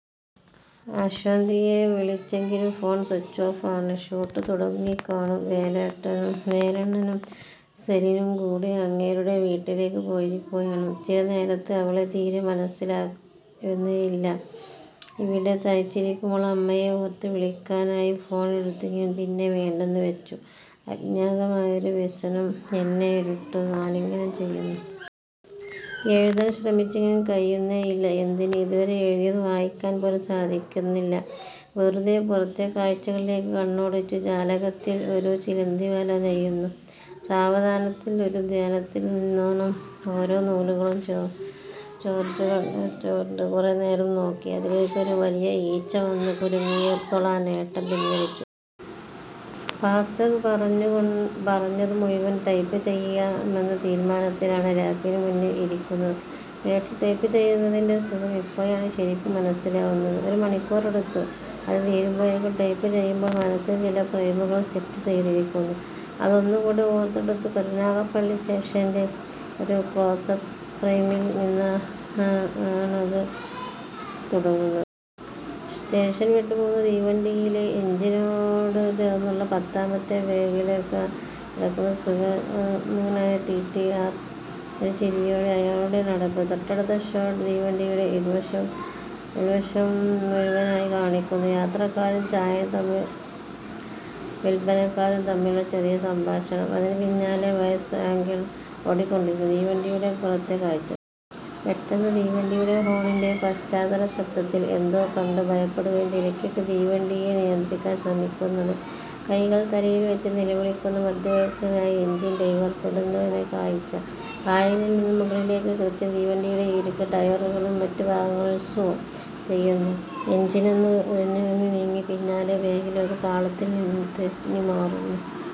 അശ്വന്തിനെ വിളിച്ചെങ്കിലും phone switch off ആണ്. Shoot തുടങ്ങിക്കാണും. വേലണ്ണനും സെലിനും കൂടെ അങ്ങേരുടെ വീട്ടിലേക്ക് പോയിരിക്കുകയാണ്. ചില നേരത്ത് അവളെ തീരെ മനസിലാവുന്നേയില്ല. ഇവിടെ തനിച്ചിരിക്കുമ്പോൾ അമ്മയെ ഓർത്തു. വിളിക്കാനായി ഫോൺ എടുത്തെങ്കിലും പിന്നെ വേണ്ടെന്നു വെച്ചു. അജ്ഞാതമായൊരു വ്യസനം എന്നെ ഇരുട്ടുപോലെ ആലിംഗനം ചെയ്യുന്നു. എഴുതാൻ ശ്രമിച്ചെങ്കിലും കഴിയുന്നേയില്ല. എന്തിന്, ഇതുവരെ എഴുതിയത് വായിക്കാൻ പോലും സാധിക്കുന്നില്ല. വെറുതെ പുറത്തെ കാഴ്ചകളിലേക്ക് കണ്ണോടിച്ചു. ജാലകത്തിൽ ഒരു ചിലന്തി വല നെയ്യുന്നു. സാവധാനത്തിൽ, ഒരു ധ്യാനത്തിലെന്നോണം ഓരോ നൂലുകളും ചേർച്ചു വെക്കുന്നത് കുറേനേരം നോക്കി. അതിലേക്കൊരു വലിയ ഈച്ച വന്നു കുരുങ്ങിയപ്പോൾ ആ നോട്ടം പിൻവലിച്ചു. പാസ്റ്റർ പറഞ്ഞതു മുഴുവൻ ടെപ്പ് ചെയ്യാമെന്ന തീരുമാനത്തിലാണ് ലാപിനു മുന്നിൽ ഇരിക്കുന്നത്. കേട്ടു ടെപ്പ് ചെയ്യുന്നതിന്റെ സുഖം ഇപ്പോഴാണ് ശരിക്കും മനസിലാവുന്നത്. ഒരുമണിക്കൂറെടുത്തു അത് തീരുമ്പോൾ. ടൈപ്പ് ചെയ്യുമ്പോൾ മനസിൽ ചില ഫ്രൈമുകൾ സെറ്റ് ചെയ്തിരുന്നു. അതൊന്നുകൂടെ ഓർത്തെടുത്തു; കരുനാഗപ്പള്ളി സ്റ്റേഷന്റെ ഒരു ക്ലോസപ്പ് ഫ്രൈമിൽ നിന്നാണതു തുടങ്ങുന്നത്. സ്റ്റേഷൻ വിട്ടുപോവുന്ന തീവണ്ടിയിലെ എഞ്ചിനോടു ചേർന്നുള്ള പത്താമത്തെ ബോഗിയിലേക്ക് കടക്കുന്ന സുമുഖനായ ടീടി ആർ. ഒരു ചിരിയോടെയാണ് അയാളുടെ നടപ്പ്. തൊട്ടടുത്ത ഷോട്ട്, തീവണ്ടിയുടെ ഉൾവശം മുഴുവനായി കാണിക്കുന്നു. യാത്രക്കാരും ചായ വിൽപ്പനക്കാരും തമ്മിലുള്ള ചെറിയ സംഭാഷണം. അതിനു പിന്നാലെ വൈഡ് ആംഗിളിൽ ഓടിക്കൊണ്ടിരിക്കുന്ന തീവണ്ടിയുടെ പുറത്തെ കാഴ്ചകൾ. പെട്ടന്ന് തീവണ്ടിയുടെ ഹോണിന്റെ പാശ്ചാത്തല ശബ്ദത്തിൽ എന്തോ കണ്ടു ഭയപ്പെടുകയും തിരക്കിട്ട് തീവണ്ടിയെ നിയന്ത്രിക്കാൻ ശ്രമിക്കുന്നത്. കൈകൾ തലയിൽവെച്ച് നിലവിളിക്കുന്ന മധ്യവയസ്കനായ എഞ്ചിൻ ഡ്രൈവർ. പൊടുന്നനെ കാഴ്ച കായലിൽ നിന്നും മുകളിലേക്ക്, കൃത്യം തീവണ്ടിയുടെ ഉരുക്ക് ടയറുകളും മറ്റുഭാഗങ്ങളും സൂം ചെയ്യുന്നു. എഞ്ചിനൊന്നു ഉരഞ്ഞുകൊണ്ട് നീങ്ങി, പിന്നാലെ ബോഗികൾ പാളത്തിൽ നിന്നും തെന്നി മാറുന്നു.